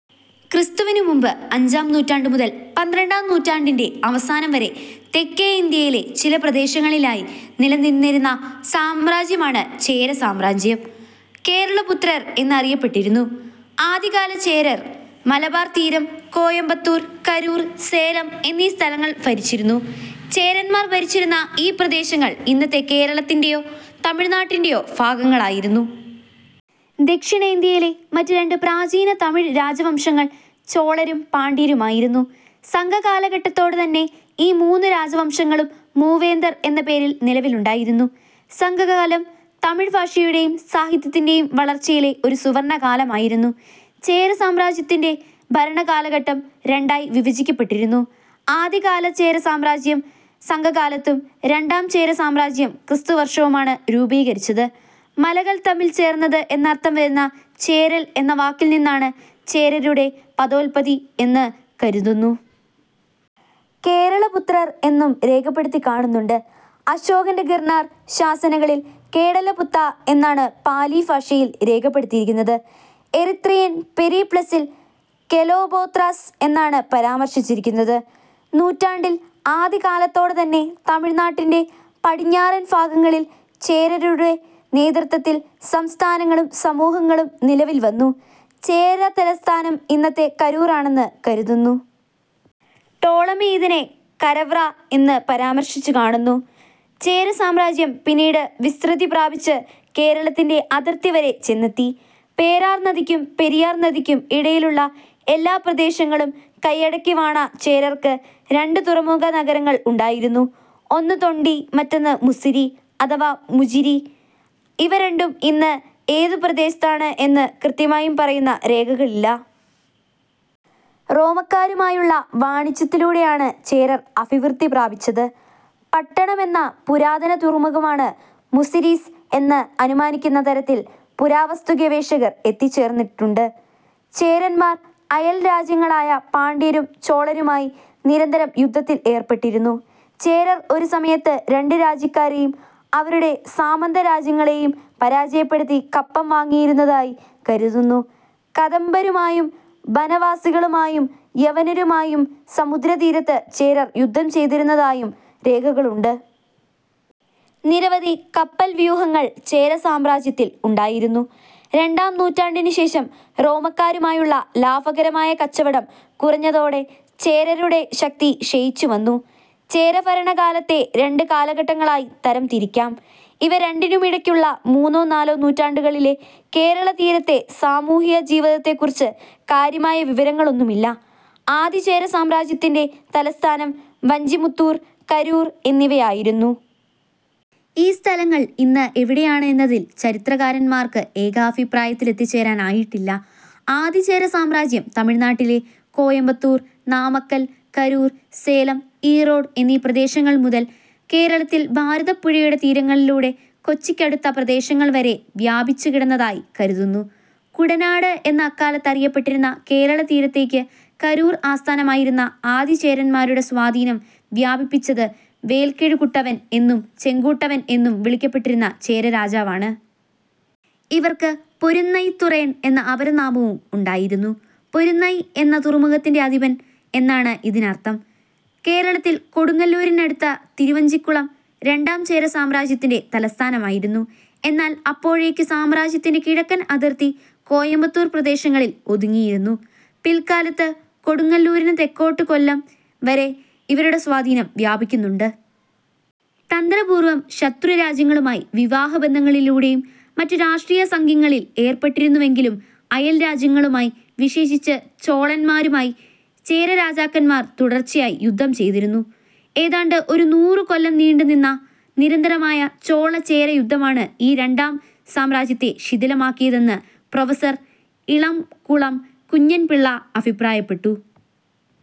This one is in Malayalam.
ക്രിസ്തുവിന് മുൻപ് അഞ്ചാം നൂറ്റാണ്ടു മുതൽ പന്ത്രണ്ടാം നൂറ്റാണ്ടിന്റെ അവസാനം വരെ തെക്കേ ഇന്ത്യയിലെ ചില പ്രദേശങ്ങളിലായി നിലനിന്നിരുന്ന സാമ്രാജ്യമാണ് ചേര സാമ്രാജ്യം. കേരളപുത്രർ എന്നും അറിയപ്പെട്ടിരുന്നു. ആദ്യകാല ചേരർ മലബാർ തീരം, കോയമ്പത്തൂർ, കരൂർ, സേലം എന്നീ സ്ഥലങ്ങൾ ഭരിച്ചിരുന്നു. ചേരന്മാർ ഭരിച്ചിരുന്ന ഈ പ്രദേശങ്ങൾ ഇന്നത്തെ കേരളത്തിന്റെയോ തമിഴ്നാട്ടിന്റെയോ ഭാഗങ്ങളായിരുന്നു. ദക്ഷിണേന്ത്യയിലെ മറ്റ് രണ്ട് പ്രാചീന തമിഴ് രാജവംശങ്ങൾ ചോളരും പാണ്ഡ്യരുമായിരുന്നു. സംഘകാലഘട്ടത്തോടെ തന്നെ ഈ മൂന്നു രാജവംശങ്ങളും മൂവേന്തർ എന്ന പേരിൽ നിലവിലുണ്ടായിരുന്നു. സംഘകാലം തമിഴ് ഭാഷയുടേയും സാഹിത്യത്തിന്റേയും വളർച്ചയിലെ ഒരു സുവർണ്ണകാലമായിരുന്നു. ചേര സാമ്രാജ്യത്തിന്റെ ഭരണകാലഘട്ടം രണ്ടായി വിഭജിക്കപ്പെട്ടിരിക്കുന്നു. ആദ്യകാല ചേര സാമ്രാജ്യം സംഘകാലത്തും രണ്ടാം ചേര സാമ്രാജ്യം ക്രിസ്തു വർഷവുമാണ് രൂപീകരിച്ചത് മലകൾ തമ്മിൽ ചേർന്നത് എന്നർത്ഥം വരുന്ന ചേരൽ എന്ന വാക്കിൽ നിന്നാണ് ചേരരുടെ പദോല്പത്തി എന്നു കരുതുന്നു. കേരളപുത്രർ എന്നും രേഖപ്പെടുത്തിക്കാണുന്നുണ്ട്. അശോകന്റെ ഗിർണാർ ശാസനങ്ങളിൽ കേടലപുത്ത എന്നാണു പാലി ഭാഷയിൽ രേഖപ്പെടുത്തിയിരിക്കുന്നത്. എറിത്രിയൻ പെരിപ്ലസിൽ കേലോബോത്രാസ് എന്നാണ് പരാമർശിച്ചിരിക്കുന്നത്. നൂറ്റാണ്ടിൽ ആദ്യകാലത്തോടെ തന്നെ തമിഴ്നാട്ട്ന്റെ പടിഞ്ഞാറൻ ഭാഗങ്ങളിൽ ചേരരുടെ നേതൃത്വത്തിൽ സംസ്ഥാനങ്ങളും സമൂഹങ്ങളും നിലവിൽ വന്നു. ചേരതലസ്ഥാനം ഇന്നത്തെ കരൂർ ആണെന്നു കരുതുന്നു. ടോളമി ഇതിനെ കരവ്ര എന്ന് പരാമർശിച്ചുകാണുന്നു. ചേര സാമ്രാജ്യം പിന്നീട് വിസ്ത്രൃതി പ്രാപിച്ച് കേരളത്തിന്റെ അതിർത്തിവരെ ചെന്നെത്തി. പേരാർ നദിക്കും പെരിയാർ നദിക്കും ഇടയിലുള്ള എല്ലാ പ്രദേശങ്ങളും കയ്യടക്കിവാണ ചേരർക്ക് രണ്ട് തുറമുഖനഗരങ്ങൾ ഉണ്ടായിരുന്നു. ഒന്ന് തൊണ്ടി മറ്റൊന്ന് മുസിരി അഥവാ മുചിരി. ഇവ രണ്ടും ഇന്ന് ഏത് പ്രദേശത്താണ് എന്ന് കൃത്യമായും പറയുന്ന രേഖകൾ ഇല്ല. റോമക്കാരുമായുള്ള വാണിജ്യത്തിലൂടെയാണ് ചേരർ അഭിവൃദ്ധിപ്രാപിച്ചത്. പട്ടണം എന്ന പുരാതന തുറമുഖമാണ് മുസിരിസ് എന്ന് അനുമാനിക്കുന്ന തരത്തിൽ പുരാവസ്തുഗവേഷകർ എത്തിച്ചേർന്നിട്ടുണ്ട്. ചേരന്മാർ അയൽരാജ്യങ്ങളായ പാണ്ഡ്യരും ചോളരുമായി നിരന്തരം യുദ്ധത്തിൽ ഏർപ്പെട്ടിരുന്നു. ചേരർ ഒരു സമയത്ത് രണ്ടു രാജ്യക്കാരെയും അവരുടെ സാമന്തരാജ്യങ്ങളേയും പരജയപ്പെടുത്തി കപ്പം വാങ്ങിയിരുന്നതായി കരുതുന്നു. കദംബരുമായും ബനവാസികളുമായും യവനരുമായും സമുദ്രതീരത്ത് ചേരർ യുദ്ധം ചെയ്തിരുന്നതായും രേഖകൾ ഉണ്ട്. നിരവധി കപ്പൽ വ്യൂഹങ്ങൾ ചേരസാമ്രാജ്യത്തിൽ ഉണ്ടായുരുന്നു. രണ്ടാം നൂറ്റാണ്ടിനു ശേഷം റോമക്കാരുമായുള്ള ലാഭകരമായ കച്ചവടം കുറഞ്ഞതോടെ ചേരരുടെ ശക്തി ക്ഷയിച്ചുവന്നു. ചേരഭരണകാലത്തെ രണ്ട് കാലഘട്ടങ്ങളായി തരം തിരിക്കാം ഇവ രണ്ടിനുമിടക്കുള്ള മൂന്നോ നാലോ നൂറ്റാണ്ടുകളിലെ കേരളതീരത്തെ സമൂഹ്യജീവിതത്തെക്കുറിച്ച് കാര്യമായ വിവരങ്ങളൊന്നുമില്ല. ആദിചേര സാമ്രാജ്യത്തിന്റെ തലസ്ഥാനം വഞ്ചിമുത്തൂർ, കരൂർ എന്നിവ ആയിരുന്നു. ഈ സ്ഥലങ്ങൾ ഇന്ന് എവിടെയാണ് എന്നതിൽ ചരിത്രകാരന്മാർക്ക് ഏകാഭിപ്രായത്തിലെത്തിച്ചേരാനായിട്ടില്ല. ആദിചേര സാമ്രാജ്യം തമിഴ്നാട്ടിലെ കോയമ്പത്തൂർ, നാമക്കൽ, കരൂർ, സേലം, ഈറോഡ് എന്നീ പ്രദേശങ്ങൾ മുതൽ കേരളത്തിൽ ഭാരതപ്പുഴയുടെ തീരങ്ങളിലൂടെ കൊച്ചിക്ക് അടുത്ത പ്രദേശങ്ങൾ വരെ വ്യാപിച്ചു കിടന്നതായി കരുതുന്നു. കുടനാട് എന്ന് അക്കാലത്ത് അറിയപ്പെട്ടിരുന്ന കേരളതീരത്തേക്ക് കരൂർ ആസ്ഥാനമായിരുന്ന ആദിചേരന്മാരുടെ സ്വാധീനം വ്യാപിപ്പിച്ചത് വേൽകെഴുകുട്ടുവൻ എന്നും ചെങ്കുട്ടുവൻ എന്നും വിളിക്കപ്പെട്ടിരുന്ന ചേരരാജാവാണു. ഇവർക്ക് പൊരുന്നൈത്തുറയൻ എന്ന അപരനാമവും ഉണ്ടായിരുന്നു. പൊരുന്നൈ എന്ന തുറമുഖത്തിന്റെ അധിപൻ എന്നാണതിനർത്ഥം. കേരളത്തിൽ കൊടുങ്ങല്ലൂരിന് അടുത്ത് തിരുവഞ്ചിക്കുളം രണ്ടാംചേര സാമ്രാജ്യത്തിന്റെ തലസ്ഥാനമായിരുന്നു. എന്നാൽ അപ്പോഴേക്ക് സാമ്രാജ്യത്തിന്റെ കിഴക്കൻ അതിർത്തി കോയമ്പത്തൂർ പ്രദേശങ്ങളിൽ ഒതുങ്ങിയിരുന്നു. പിൽക്കാലത്ത് കൊടുങ്ങല്ലൂരിനു തെക്കോട്ട് കൊല്ലം വരെ ഇവരുടെ സ്വാധീനം വ്യാപിക്കുന്നുണ്ട്. തന്ത്രപൂർവം ശത്രുരാജ്യങ്ങളുമായി വിവാഹബന്ധങ്ങളിലൂടെയും മറ്റും രാഷ്ട്രീയ സഖ്യങ്ങളിൽ ഏർപ്പെട്ടിരുന്നുവെങ്കിലും അയൽ രാജ്യങ്ങളുമായി, വിശേഷിച്ച് ചോളന്മാരുമായി, ചേരരാജാക്കന്മാർ തുടർച്ചയായി യുദ്ധം ചെയ്തിരുന്നു. ഏതാണ്ട് ഒരു നൂറു കൊല്ലം നീണ്ടു നിന്ന നിരന്തരമായ ചോള-ചേര യുദ്ധമാണു ഈ രണ്ടാം സാമ്രാജ്യത്തെ ശിഥിലമാക്കിയതെന്ന് പ്രൊഫ. ഇളംകുളം കുഞ്ഞൻ പിള്ള അഭിപ്രായപ്പെട്ടിട്ടുണ്ട്.